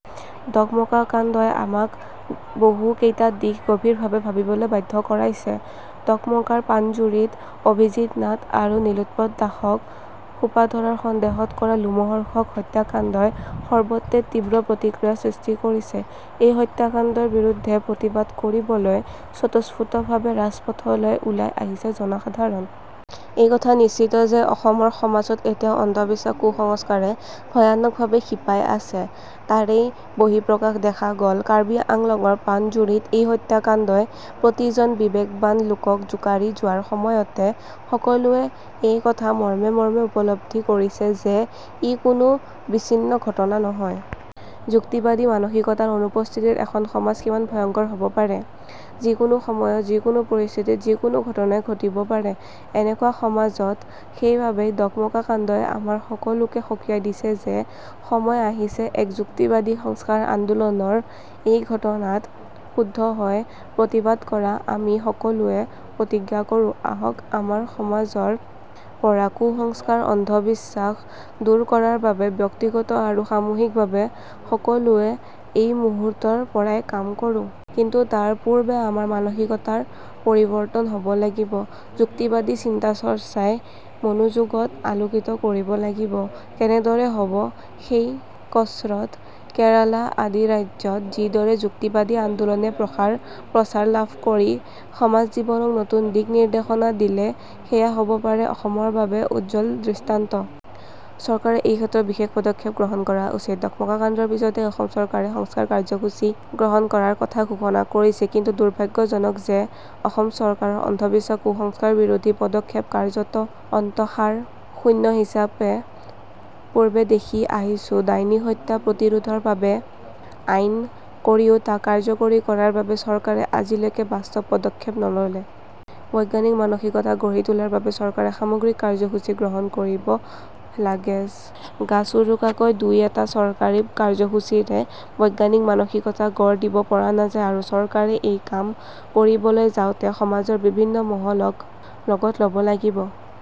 ডকমকা কাণ্ডই আমাক বহু কেইটা দিশ গভীৰভাৱে ভাবিবলৈ বাধ্য কৰাইছে। ডকমকাৰ পাণজুৰিত অভিজিত্ নাথ আৰু নীলোৎপল দাসক সোপাধৰাৰ সন্দেহত কৰা লোমহৰ্ষক হত্যাকাণ্ডই সৰ্বত্ৰে তীব্ৰ প্ৰতিক্ৰিয়াৰ সৃষ্টি কৰিছে। এই হত্যাকাণ্ডৰ বিৰুদ্ধে প্ৰতিবাদ কৰিবলৈ স্বতঃস্ফূৰ্তভাৱে ৰাজপথলৈ ওলাই আহিছে জনসাধাৰণ। এই কথা নিশ্চিত যে অসমৰ সমাজত এতিয়াও অন্ধবিশ্বাস কুসংস্কাৰে ভয়ানকভাৱে শিপাই আছে। তাৰেই বহিঃপ্ৰকাশ দেখা গল কাৰ্বি আংলঙৰ পাণজুৰিত এই হত্যাকাণ্ডই প্ৰতিজন বিবেকৱান লোকক জোকাৰি যোৱাৰ সময়তে সকলোৱে এই কথা মৰ্মে মৰ্মে উপলব্ধি কৰিছে যে ই কোনো বিচ্ছিন্ন ঘটনা নহয়। যুক্তিবাদী মানসিকতাৰ অনুপস্থিতিত এখন সমাজ কিমান ভয়ংকৰ হব পাৰে? যিকোনো সময়ত যিকোনো পৰিস্থিতিত যিকোনো ঘটনাই ঘটিব পাৰে। এনেকুৱা সমাজত সেইবাবেই ডকমকা কাণ্ডই আমাৰ সকলোকে সকীয়াই দিছে যে সময় আহিছে এক যুক্তিবাদী সংস্কাৰ আন্দোলনৰএই ঘটনাত ক্ষুব্ধ হৈ প্ৰতিবাদ কৰা আমি সকলোৱে প্ৰতিজ্ঞা কৰোঁ আহক আমাৰ সমাজৰ পৰা কুসংস্কাৰ অন্ধবিশ্বাস দূৰ কৰাৰ বাবে ব্যক্তিগত আৰু সামূহিকভাৱে সকলোৱে এই মুহূৰ্তৰ পৰাই কাম কৰো। কিন্তু তাৰপূৰ্বে আমাৰ মানসিকতাৰ পৰিৱৰ্তন হব লাগিব। যুক্তিবাদী চিন্তাচৰ্চাই মনোজগত আলোকিত কৰিব লাগিব। কেনেদৰে হব সেই কচৰৎ, কেৰালা আদি ৰাজ্যত যিদৰে যুক্তিবাদী আন্দোলনে প্ৰসাৰপ্ৰচাৰ লাভ কৰি সমাজ জীৱনক নতুন দিক নিৰ্দেশনা দিলে সেয়া হব পাৰে অসমৰ বাবে উজ্জ্বল দৃষ্টান্ত। চৰকাৰে এই ক্ষেত্ৰত বিশেষ পদক্ষেপ গ্ৰহণ কৰা উচিত। ডকমকা কাণ্ডৰ পিছতেই অসম চৰকাৰে সংস্কাৰ কাৰ্যসূচী গ্ৰহণ কৰাৰ কথা ঘোষণা কৰিছে। কিন্তু দুৰ্ভাগ্যজনক যে অসম চৰকাৰৰ অন্ধবিশ্বাস কুসংস্কাৰ বিৰোধী পদক্ষেপ কাৰ্যতঃ অন্তসাৰশূন্য হিচাপে পূৰ্বে দেখি আহিছো ডাইনী হত্যা প্ৰতিৰোধৰ বাবে আইন কৰিও তাক কাৰ্যকৰী কৰাৰ বাবে চৰকাৰে আজিলৈকে বাস্তৱ পদক্ষেপ নললে। বৈজ্ঞানিক মানসিকতা গঢ়ি তোলাৰ বাবে চৰকাৰে সামগ্ৰিক কাৰ্যসূচী গ্ৰহণ কৰিব লাগেছ। গাচোৰোকাকৈ দুই এটা চৰকাৰী কাৰ্যসূচীৰে বৈজ্ঞানিক মানসিকতা গঢ় দিব পৰা নাযায়। আৰু চৰকাৰে এই কাম কৰিবলৈ যাওঁতে সমাজৰ বিভিন্ন মহলক লগত লব লাগিব।